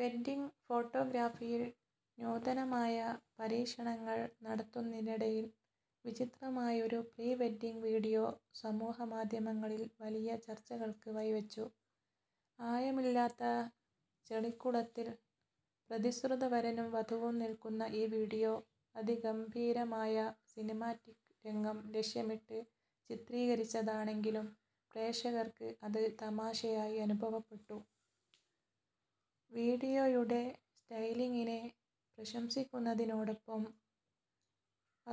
Wedding ഫോട്ടോഗ്രാഫിയിൽ നൂതനമായ പരീക്ഷണങ്ങൾ നടത്തുന്നതിനിടയിൽ വിചിത്രമായ ഒരു പ്രീ-വെഡ്ഡിങ് വീഡിയോ സമൂഹമാധ്യമങ്ങളിൽ വലിയ ചർച്ചകൾക്ക് വഴിവെച്ചു. ആഴമില്ലാത്ത ചെളിക്കുളത്തിൽ പ്രതിശ്രുത വരനും വധുവും നിൽക്കുന്ന ഈ വീഡിയോ, അതിഗംഭീരമായ സിനിമാറ്റിക് രംഗം ലക്ഷ്യമിട്ട് ചിത്രീകരിച്ചതാണെങ്കിലും, പ്രേക്ഷകർക്ക് അത് തമാശയായി അനുഭവപ്പെട്ടു. വീഡിയോയുടെ സ്റ്റൈലിംഗിനെ പ്രശംസിക്കുന്നതിനോടൊപ്പം,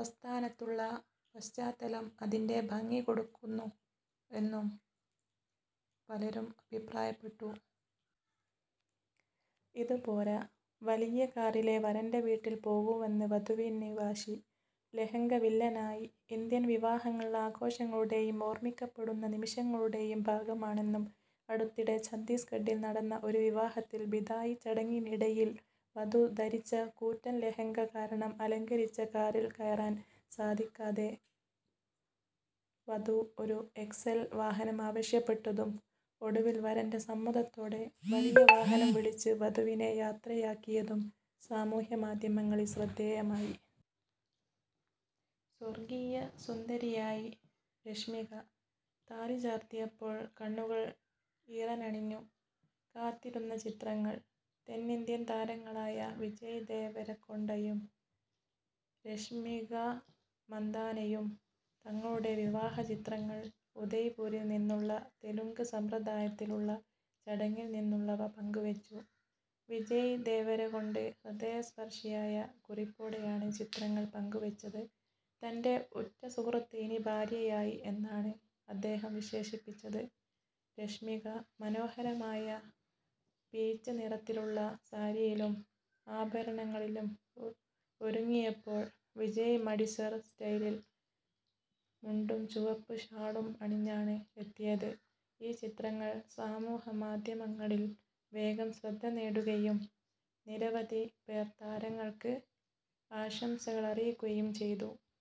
അസ്ഥാനത്തുള്ള പശ്ചാത്തലം അതിൻ്റെ ഭംഗി കെടുത്തുന്നു എന്നും പലരും അഭിപ്രായപ്പെട്ടു. ഇത് പോര, വലിയ കാറിലേ വരന്റെ വീട്ടിൽ പോകൂവെന്ന് വധുവിന് വാശി; ലഹങ്ക വില്ലനായി! ഇന്ത്യൻ വിവാഹങ്ങൾ ആഘോഷങ്ങളുടെയും ഓർമ്മിക്കപ്പെടുന്ന നിമിഷങ്ങളുടെയും ഭാഗമാണെന്നും, അടുത്തിടെ ഛത്തീസ്ഗഢിൽ നടന്ന ഒരു വിവാഹത്തിൽ ബിദായി ചടങ്ങിനിടയിൽ വധു ധരിച്ച കൂറ്റൻ ലെഹങ്ക കാരണം അലങ്കരിച്ച കാറിൽ കയറാൻ സാധിക്കാതെ വധു ഒരു എക്സ്എൽ വാഹനം ആവശ്യപ്പെട്ടതും, ഒടുവിൽ വരന്റെ സമ്മതത്തോടെ വലിയ വാഹനം വിളിച്ച് വധുവിനെ യാത്രയാക്കിയതും സാമൂഹ്യ മാധ്യമങ്ങളിൽ ശ്രദ്ധേയമായി. സ്വർഗീയ സുന്ദരിയായി രശ്മിക; താലി ചാർത്തിയപ്പോൾ കണ്ണുകൾ ഈറനണിഞ്ഞു; കാത്തിരുന്ന ചിത്രങ്ങൾ! തെന്നിന്ത്യൻ താരങ്ങളായ വിജയ് ദേവരകൊണ്ടയും രശ്മിക മന്ദാനയും തങ്ങളുടെ വിവാഹ ചിത്രങ്ങൾ ഉദയ്പൂരിൽ നിന്നുള്ള തെലുങ്ക് സമ്പ്രദായത്തിലുള്ള ചടങ്ങിൽ നിന്നുള്ളവ പങ്കുവെച്ചു, വിജയ് ദേവരകൊണ്ട ഹൃദയസ്പർശിയായ കുറിപ്പോടെയാണ് ചിത്രങ്ങൾ പങ്കുവെച്ചത്, തൻ്റെ ഉറ്റ സുഹൃത്ത് ഇനി ഭാര്യയായി എന്നാണ് അദ്ദേഹം വിശേഷിപ്പിച്ചത്, രശ്മിക മനോഹരമായ പീച്ച് നിറത്തിലുള്ള സാരിയിലും ആഭരണങ്ങളിലും ഒരുങ്ങിയപ്പോൾ, വിജയ് മടിസർ സ്റ്റൈലിൽ മുണ്ടും ചുവപ്പ് ഷാളും അണിഞ്ഞാണ് എത്തിയത്, ഈ ചിത്രങ്ങൾ സമൂഹമാധ്യമങ്ങളിൽ വേഗം ശ്രദ്ധനേടുകയും നിരവധി പേർ താരങ്ങൾക്ക് ആശംസകളറിയിക്കുകയും ചെയ്തു.